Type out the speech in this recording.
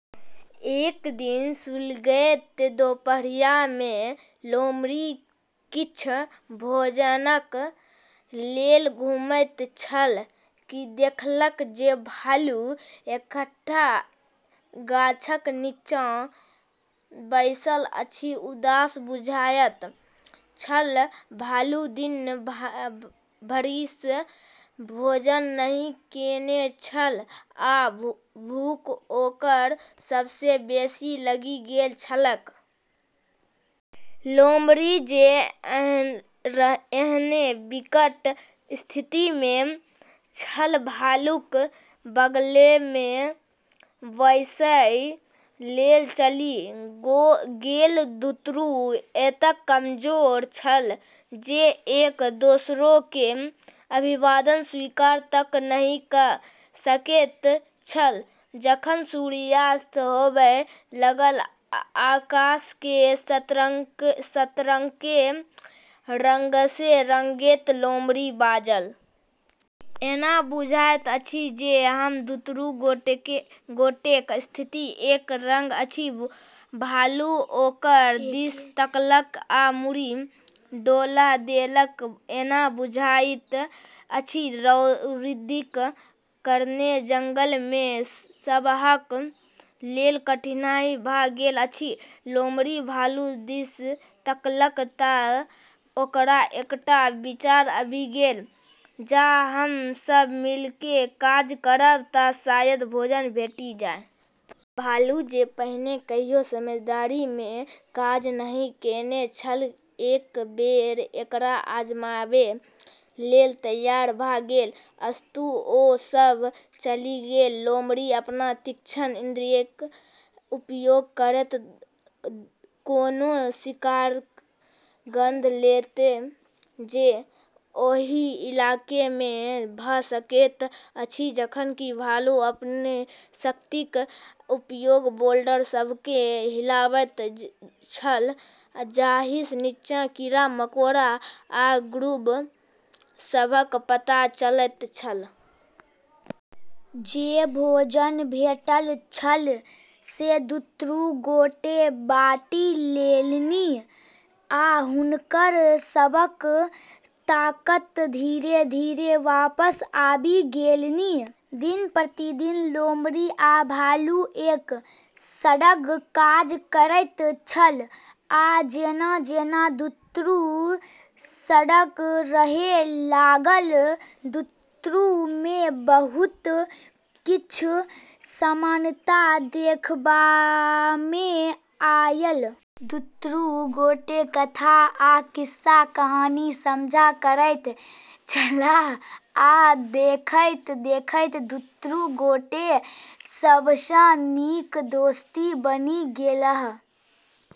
एक दिन सुलगैत दोपहरियामे लोमड़ी किछ भोजनक लेल घुमैत छल कि देखलक जे भालू एकटा गाछक निच्चाँ बैसल अछि, उदास बुझाइत छल। भालू दिन भरिसँ भोजन नहि केने छल, आ भूख ओकरा सबसँ बेशी लागि गेल छलैक। लोमड़ी, जे एहने विकट स्थितिमे छल, भालूक बगलमे बैसय लेल चलि गेल, दुन्नू एतेक कमजोर छल जे एक दोसराकेँ अभिवादन स्वीकार तक नहि क' सकैत छल। जखन सूर्यास्त होबय लागल, आकाशके संतराके रंगसँ रंगैत, लोमड़ी बाजल। "एना बुझाइत अछि जे हम दुन्नू गोटेक स्थिति एके रंग अछि। " भालू ओकरा दिस तकलक आ मुड़ी डोला देलक, "एना बुझाइत अछि। रौदीक कारणेँ जंगलमे सबहक लेल कठिनाई भ' गेल अछि। " लोमड़ी भालू दिस तकलक, त' ओकरा एकटा विचार आबि गेलै, "जँ हम सभ मिलिके काज करब त' शायद भोजन भेटि जाय। " भालू जे पहिने कहियो साझेदारीमे काज नहि केने छल, एक बेर एकरा आजमाबै लेल तैयार भ' गेल। अस्तु, ओ सभ चलि गेल, लोमड़ी अपन तीक्ष्ण इन्द्रियक उपयोग करैत कोनो शिकारक गंध लैत जे ओहि इलाकामे भ' सकैत अछि जखन कि भालू अपन शक्तिक उपयोग बोल्डर सभकेँ हिलाबैत छल, जाहिसँ निच्चाँ कीड़ा-मकोड़ा आ ग्रुब सभक पता चलैत छल। जे भोजन भेटल छल से दुन्नू गोटे बाँटि लेलनि, आ हुनकर सभक ताकत धीरे-धीरे वापस आबि गेलनि। दिन-प्रतिदिन लोमड़ी आ भालू एक सङ्ग काज करैत छल, आ जेना-जेना दुन्नू सङ्ग रहै लागल, दुन्नूमे बहुत किछ समानता देखबामे आयल। दुन्नू गोटे कथा आ किस्सा-कहानी साझा करैत छलाह, आ देखैत-देखैत दुन्नू गोटे सबसँ नीक दोस्त बनि गेलाह।